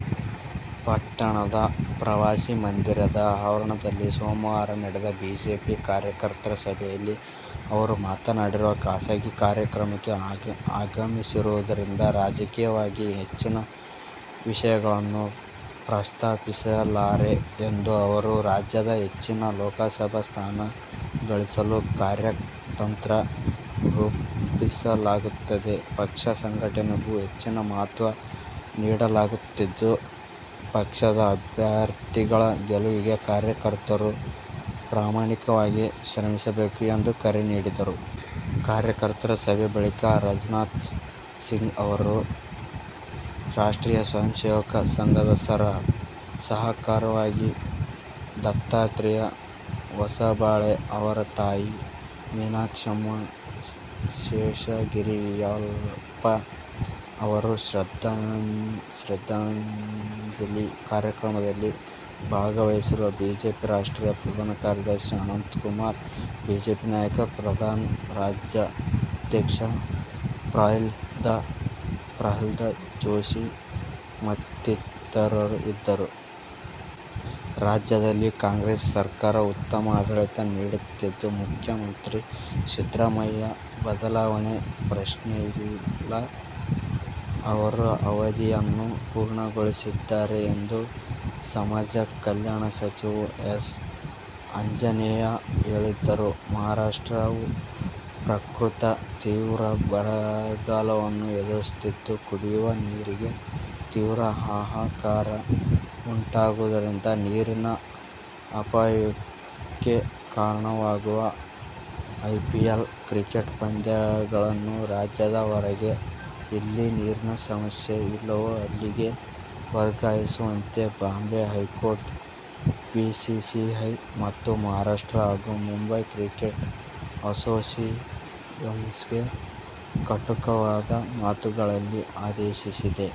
ಪಟ್ಟಣದ ಪ್ರವಾಸಿ ಮಂದಿರದ ಆವರಣದಲ್ಲಿ ಸೋಮವಾರ ನಡೆದ ಬಿಜೆಪಿ ಕಾರ್ಯಕರ್ತರ ಸಭೆಯಲ್ಲಿ ಅವರು ಮಾತನಾಡಿದರು. ಖಾಸಗಿ ಕಾರ್ಯಕ್ರಮಕ್ಕೆ ಆಗಮಿಸಿರುವುದರಿಂದ ರಾಜಕೀಯವಾಗಿ ಹೆಚ್ಚಿನ ವಿಷಯಗಳನ್ನು ಪ್ರಸ್ತಾಪಿಸಲಾರೆ ಎಂದ ಅವರು, ರಾಜ್ಯದಲ್ಲಿ ಹೆಚ್ಚಿನ ಲೋಕಸಭಾ ಸ್ಥಾನ ಗಳಿಸಲು ಕಾರ್ಯತಂತ್ರ ರೂಪಿಸಲಾಗುತ್ತದೆ. ಪಕ್ಷ ಸಂಘಟನೆಗೂ ಹೆಚ್ಚಿನ ಮಹತ್ವ ನೀಡಲಾಗುತ್ತಿದ್ದು, ಪಕ್ಷದ ಅಭ್ಯರ್ಥಿಗಳ ಗೆಲುವಿಗೆ ಕಾರ್ಯಕರ್ತರು ಪ್ರಾಮಾಣಿಕವಾಗಿ ಶ್ರಮಿಸಬೇಕು ಎಂದು ಕರೆ ನೀಡಿದರು. ಕಾರ್ಯಕರ್ತರ ಸಭೆ ಬಳಿಕ ರಾಜನಾಥ್ ಸಿಂಗ್ ಅವರು ರಾಷ್ಟ್ರೀಯ ಸ್ವಯಂಸೇವಕ ಸಂಘದ ಸರ ಸಹಕಾರ್ಯವಾಹ ದತ್ತಾತ್ರೇಯ ಹೊಸಬಾಳೆ ಅವರ ತಾಯಿ ಮೀನಾಕ್ಷಮ್ಮ ಶೇಷಗಿರಿಯಪ್ಪ ಅವರ ಶ್ರದ್ಧಾಂಜಲಿ ಕಾರ್ಯಕ್ರಮದಲ್ಲಿ ಭಾಗವಹಿಸಿದರು. ಬಿಜೆಪಿ ರಾಷ್ಟ್ರೀಯ ಪ್ರಧಾನ ಕಾರ್ಯದರ್ಶಿ ಅನಂತಕುಮಾರ್, ಬಿಜೆಪಿ ನಾಯಕ ಪ್ರಧಾನ್, ರಾಜ್ಯಾಧ್ಯಕ್ಷ ಪ್ರಹ್ಲಾದ ಜೋಶಿ ಮತ್ತಿತರು ಇದ್ದರು. ರಾಜ್ಯದಲ್ಲಿ ಕಾಂಗ್ರೆಸ್ ಸರ್ಕಾರ ಉತ್ತಮ ಆಡಳಿತ ನೀಡುತ್ತಿದ್ದು, ಮುಖ್ಯಮಂತ್ರಿ ಸಿದ್ದರಾಮಯ್ಯ ಬದಲಾವಣೆ ಪ್ರಶ್ನೆಯಿಲ್ಲ. ಅವರು ಅವಧಿಯನ್ನು ಪೂರ್ಣಗೊಳಿಸಲಿದ್ದಾರೆ ಎಂದು ಸಮಾಜ ಕಲ್ಯಾಣ ಸಚಿವ ಎಚ್. ಆಂಜನೇಯ ಹೇಳಿದರು. ಮಹಾರಾಷ್ಟ್ರವು ಪ್ರಕೃತ ತೀವ್ರ ಬರಗಾಲವನ್ನು ಎದುರಿಸುತ್ತಿದ್ದು ಕುಡಿವ ನೀರಿಗೆ ತೀವ್ರ ಹಾಹಾಕಾರ ಉಂಟಾಗಿರುವುದರಿಂದ ನೀರಿನ ಅಪವ್ಯಯಕ್ಕೆ ಕಾರಣವಾಗುವ ಐಪಿಎಲ್ ಕ್ರಿಕೆಟ್ ಪಂದ್ಯಗಳನ್ನು ರಾಜ್ಯದ ಹೊರಗೆ, ಎಲ್ಲಿ ನೀರಿನ ಸಮಸ್ಯೆ ಇಲ್ಲವೋ ಅಲ್ಲಿಗೆ, ವರ್ಗಾಯಿಸುವಂತೆ ಬಾಂಬೆ ಹೈಕೋರ್ಟ್ ಬಿಸಿಸಿಐ ಮತ್ತು ಮಹಾರಾಷ್ಟ್ರ ಹಾಗೂ ಮುಂಬಯಿ ಕ್ರಿಕೆಟ್ ಅಸೋಸಿಯೇಶನ್ಗೆ ಕಟುವಾದ ಮಾತುಗಳಲ್ಲಿ ಆದೇಶಿಸಿದೆ.